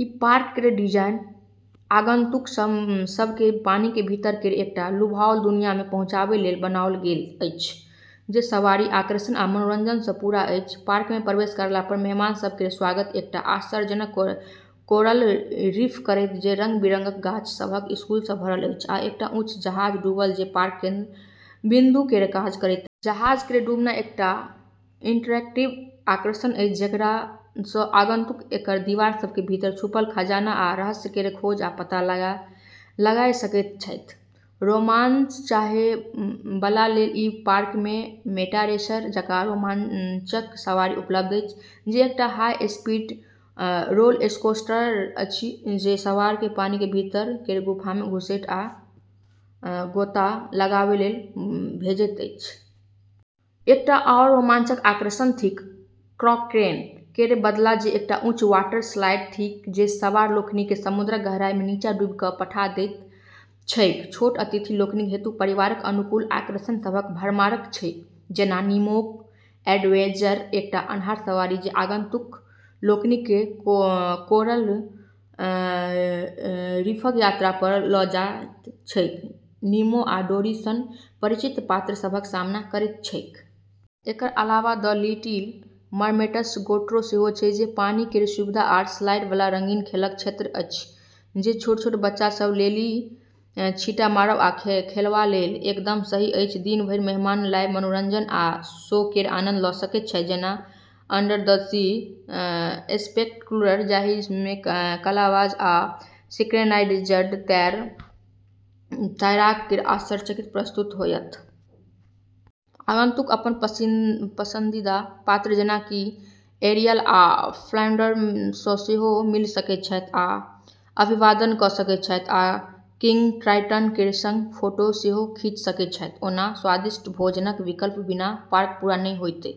ई park केर design आगंतुक सभ केँ पानी के भीतर केर एकटा लुभाओन दुनिया मे पहुँचाबै लेल बनाओल गेल अछि, जे सवारी, आकर्षण, आ मनोरंजन सँ पूरा अछि। पार्क मे प्रवेश करला पर मेहमान सभ केर स्वागत एकटा आश्चर्यजनक कोरल रीफ करत, जे रंग-बिरंगक माछ सभक स्कूल सँ भरल अछि, आ एकटा ऊँच जहाज डूबल जे पार्क केर केंद्र बिन्दु केर काज करैत अछि। जहाज केर डूबना एकटा इंटरैक्टिव आकर्षण अछि जेकरा सँ आगंतुक एकर दीवार सभ के भीतर छुपल खजाना आ रहस्य केर खोज आ पता लगाइ सकैत छथि। रोमांच चाहै बला लेल ई पार्क मे "मंटा रे रेसर" जकाँ रोमांचक सवारी उपलब्ध अछि, जे एकटा हाई स्पीड रोलरकोस्टर अछि जे सवार केँ पानी के भीतर केर गुफा मे घुसपैठ आ गोता लगाबै लेल भेजैत अछि। एकटा आओर रोमांचक आकर्षण थिक "क्राकेन केर बदला", जे एकटा ऊँच वाटर स्लाइड थिक जे सवार लोकनि केँ समुद्रक गहराई मे नीचाँ डूबि कऽ पठा दैत छैक। छोट अतिथि लोकनि हेतु परिवारक अनुकूल आकर्षण सभक भरमार छैक जेना "नीमोक एडवेंचर", एकटा अन्हार सवारी जे आगंतुक लोकनि केँ कोरल रीफक यात्रा पर लऽ जाइत छैक, निमो आ डोरी सन परिचित पात्र सभक सामना करैत छैक। एकर अलावा "द लिटिल मरमेड्स ग्रोटो" सेहो छै, जे पानी केर सुविधा आ स्लाइड बला रंगीन खेलक क्षेत्र अछि, जे छोट-छोट बच्चा सभ लेली छींटा मारब आ खेलबा लेल एकदम सही अछि। दिन भरि मेहमान लाइव मनोरंजन आ शो केर आनंद लऽ सकैत छथि, जेना "अंडर द सी स्पेक्टेक्युलर", जाहि मे कलाबाज आ सिंक्रनाइज्ड तैराक केर आश्चर्यजनक प्रस्तुति होयत। आगंतुक अपन पसंदीदा पात्र जेना कि एरियल आ फ्लाउंडर सँ सेहो मिलि सकैत छथि आ अभिवादन कऽ सकैत छथि, आ किंग ट्राइटन केर सँग फोटो सेहो खींचि सकैत छथि। ओना, स्वादिष्ट भोजनक विकल्पक बिना पार्क पूरा नहि होइत!